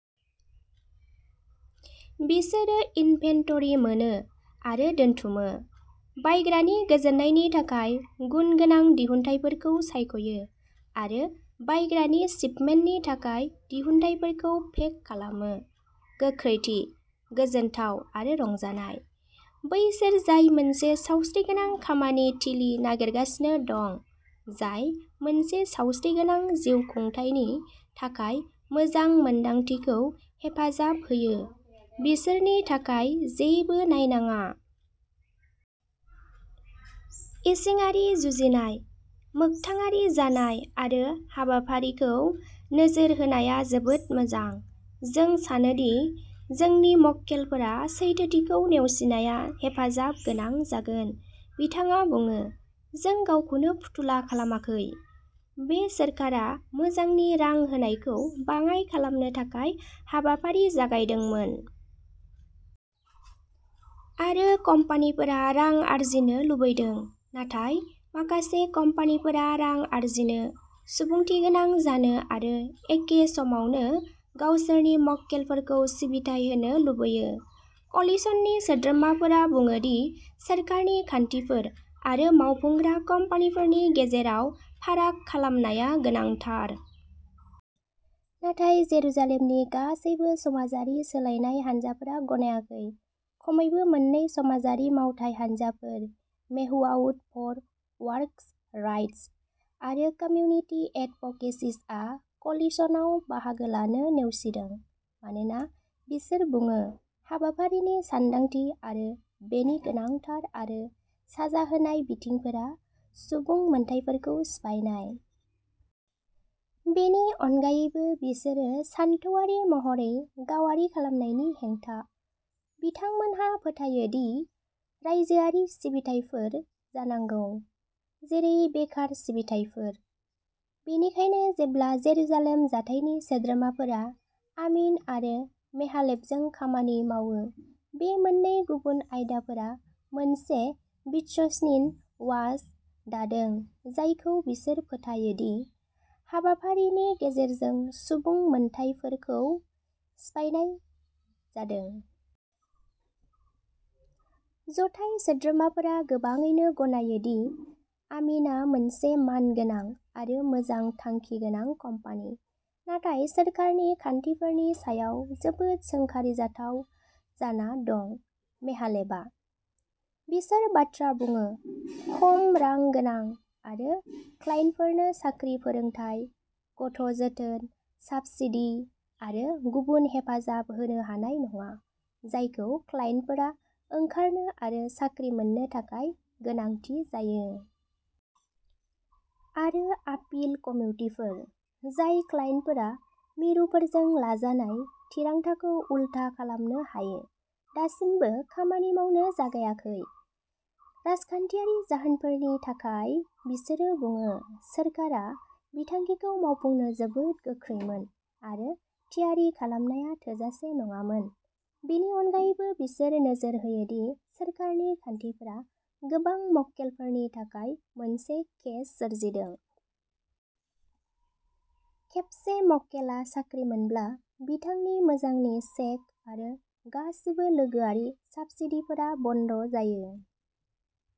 बिसोरो इनभेन्टरि मोनो आरो दोनथुमो, बायग्रानि गोजोननायनि थाखाय गुनगोनां दिहुनथायफोरखौ सायख'यो, आरो बायग्रानि शिपमेन्टनि थाखाय दिहुनथायफोरखौ पेक खालामो। गोख्रैथि, गोजोनथाव, आरो रंजानाय! बैसोर जाय मोनसे सावस्रिगोनां खामानि थिलि नागिरगासिनो दं जाय मोनसे सावस्रिगोनां जिउखुंथायनि थाखाय मोजां मोन्दांथिखौ हेफाजाब होयो, बिसोरनि थाखाय जेबो नायनाङा। इसिङारि जुजिनाय, मोगथाङारि जानाय आरो हाबाफारिखौ नोजोर होनाया जोबोद मोजां। जों सानो दि जोंनि मक्केलफोरा सैथोथिखौ नेवसिनाया हेफाजाब गोनां जागोन। "बिथाङा बुङो," जों गावखौनो फुथुला खालामाखै। बे सोरखारा मोजांनि रां होनायखौ बाङाइ खालामनो थाखाय हाबाफारि जागायदोंमोन। आरो कम्पानिफोरा रां आर्जिनो लुबैदों। नाथाय माखासे कम्पानिफोरा रां आर्जिनो, सुबुंथिगोनां जानो आरो एखे समावनो गावसोरनि मक्केलफोरखौ सिबिथाइ होनो लुबैयो। "क'लिशननि सोद्रोमाफोरा बुङो दि सोरखारनि खान्थिफोर आरो मावफुंग्रा कम्पानिफोरनि गेजेराव फाराग खालामनाया गोनांथार। नाथाय जेरुसालेमनि गासैबो समाजारि सोलायनाय हानजाफोरा गनायाखै। खमैबो मोन्नै समाजारि मावथाय हानजाफोर, मेहुयावुत फर वर्कर्स राइटस, आरो कमिउनिटि एडभकेसिआ क'लिशनआव बाहागो लानो नेवसिदों, मानोना, बिसोर बुङो, हाबाफारिनि सानदांथि आरो बेनि गोनांथार आरो साजा होनाय बिथिंफोरा सुबुं मोनथायफोरखौ सिफायनाय। बेनि अनगायैबो, बिसोरो सानथौआरि महरै गावारि खालामनायनि हेंथा। बिथांमोनहा फोथायोदि रायजोआरि सिबिथायफोर जानांगौ, जेरै बेकार सिबिथायफोर। बेनिखायनो जेब्ला जेरुसालेम जथाइनि सोद्रोमाफोरा आमिन आरो मेहालेभजों खामानि मावो, बे मोननै गुबुन आफादफोरा मोनसे "विस्कन्सिन वाच" दादों जायखौ बिसोर फोथायो दि हाबाफारिनि गेजेरजों सुबुं मोनथायफोरखौ सिफायनाय जादों। जथाइ सोद्रोमाफोरा गोबाङैनो गनायो दि आमिनआ मोनसे मानगोनां आरो मोजां थांखि गोनां कम्पानि, नाथाय सोरखारनि खान्थिफोरनि सायाव जोबोद सोंखारिजाथाव जाना दं। मेहालेभआ, बिसोर बाथ्रा बुङो, खम रां गोनां आरो क्लाइन्टफोरनो साख्रि फोरोंथाय, गथ'जोथोन साब्सिडी आरो गुबुन हेफाजाब होनो हानाय नङा, जायखौ क्लाइन्टफोरा ओंखारनो आरो साख्रि मोन्नो थाखाय गोनांथि जायो। आरो आपिल कमिटिफोर, जाय क्लाइन्टफोरा मिरुफोरजों लाजानाय थिरांथाखौ उलथा खालामनो हायो, दासिमबो खामानि मावनो जागायाखै। राजखान्थियारि जाहोनफोरनि थाखाय, बिसोरो बुङो, सोरखारा बिथांखिखौ मावफुंनो जोबोद गोख्रैमोन, आरो थियारि खालामनाया थोजासे नङामोन। बेनि अनगायैबो, बिसोर नोजोर होयो दि, सोरखारनि खान्थिफोरा गोबां मक्केलफोरनि थाखाय मोनसे केच- सोरजिदों। खेबसे मक्केलआ साख्रि मोनब्ला, बिथांनि मोजांनि चेक आरो गासिबो लोगोआरि साब्सिडीफोरा बन्द जायो।